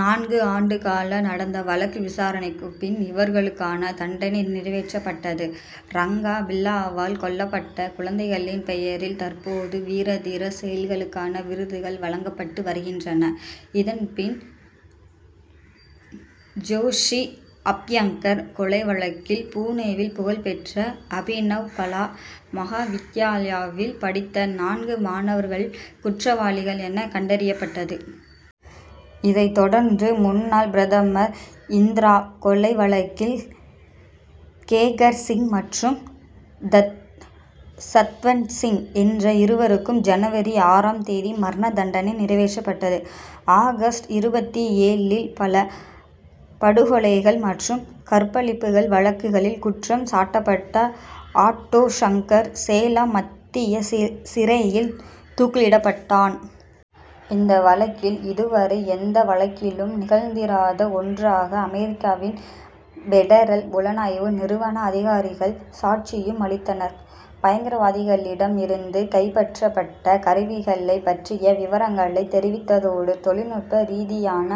நான்கு ஆண்டுகளாக நடந்த வழக்கு விசாரணைக்குப் பின் இவர்களுக்கான தண்டனை நிறைவேற்றப்பட்டது. ரங்கா பில்லாவால் கொல்லப்பட்ட குழந்தைகளின் பெயரில் தற்போது வீரதீர செயல்களுக்கான விருதுகள் வழங்கப்பட்டு வருகின்றன. இதன்பின் ஜோஷி அப்யங்கர் கொலை வழக்கில் புனேவில் புகழ்பெற்ற அபினவ் கலா மகாவித்யாலயாவில் படித்த நான்கு மாணவர்கள் குற்றவாளிகள் என கண்டறியப்பட்டது. இதைத் தொடர்ந்து முன்னாள் பிரதமர் இந்திரா கொலை வழக்கில் கேகர் சிங் மற்றும் தத்அ சத்வந்த்சிங் என்ற இருவருக்கு ஜனவரி ஆறாம் தேதி மரண தண்டனை நிறைவேற்றப்பட்டது. ஆகஸ்ட் இருபத்தி ஏழில் பல படுகொலைகள் மற்றும் கற்பழிப்புதள் வழக்குகளில் குற்றம் சாட்டப்பட்ட ஆட்டோ சங்கர் சேலம் மத்திய சிறையில் தூக்கிலிடப்பட்டான். இந்த வழக்கில் இதுவரை எந்த வழக்கிலும் நிகழ்ந்திராத ஒன்றாக அமெரிக்காவின் பெடரல் புலனாய்வு நிறுவன அதிகாரிகள் சாட்சியம் அளித்தனர். பயங்கரவாதிகளிடம் இருந்து கைப்பற்றப்பட்ட கருவிகளைப் பற்றிய விவரங்களை தெரிவித்ததோடு தொழில்நுட்ப ரீதியான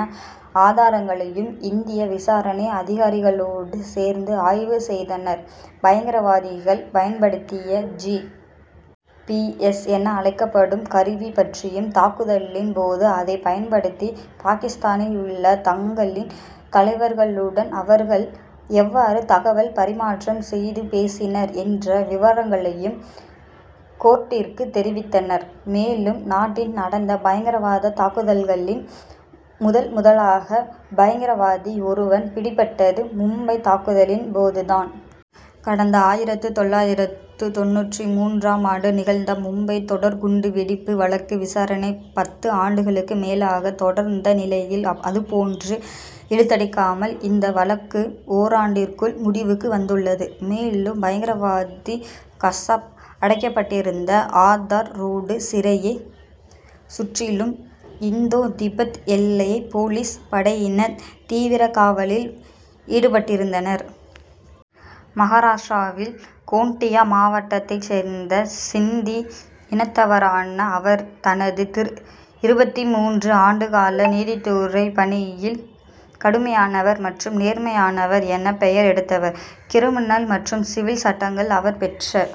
ஆதாரங்களையும் இந்திய விசாரணை அதிகாரிகளோடு சேர்ந்து ஆய்வு செய்தனர். பயங்கரவாதிகள் பயன்படுத்திய ஜி. பி. எஸ். என அழைக்கப்படும் கருவி பற்றியும் தாக்குதலின் போது அதைப் பயன்படுத்தி பாகிஸ்தானில் உள்ள தங்களின் தலைவர்களுடன் அவர்கள் எவ்வாறு தகவல் பரிமாற்றம் செய்து பேசினர் என்ற விவரங்களையும் கோர்ட்டிற்கு தெரிவித்தனர். மேலும் நாட்டில் நடந்த பயங்கரவாத தாக்குதல்களில் முதல்முதலாக பயங்கரவாதி ஒருவன் பிடிபட்டது மும்பைத் தாக்குதலின் போதுதான். கடந்த ஆயிரத்து தொள்ளாயிரத்து தொண்ணூற்று மூன்றாம் ஆண்டு நிகழ்ந்த மும்பை தொடர் குண்டு வெடிப்பு வழக்கு விசாரணை பத்து ஆண்டுகளுக்கு மேலாக தொடர்ந்த நிலையில் அதுபோன்று இழுத்தடிக்காமல் இந்த வழக்கு ஓராண்டிற்குள் முடிவுக்கு வந்துள்ளது. மேலும் பயங்கரவாதி கசாப் அடைக்கப்பட்டிருந்த ஆர்தர் ரோடு சிறையைச் சுற்றிலும் இந்தோ திபெத் எல்லைப் போலீஸ் படையினர் தீவிர காவலில் ஈடுபட்டிருந்தனர். மகாராஷ்டிராவின் கோண்டியா மாவட்டத்தைச் சேர்ந்த சிந்தி இனத்தவரான அவர் தனது திரு இருபத்தி மூன்று ஆண்டு கால நீதித்துறை பணியில் கடுமையானவர் மற்றும் நேர்மையானவர் என பெயர் எடுத்தவர். கிரிமினல் மற்றும் சிவில் சட்டங்கள் அவர் பெற்ற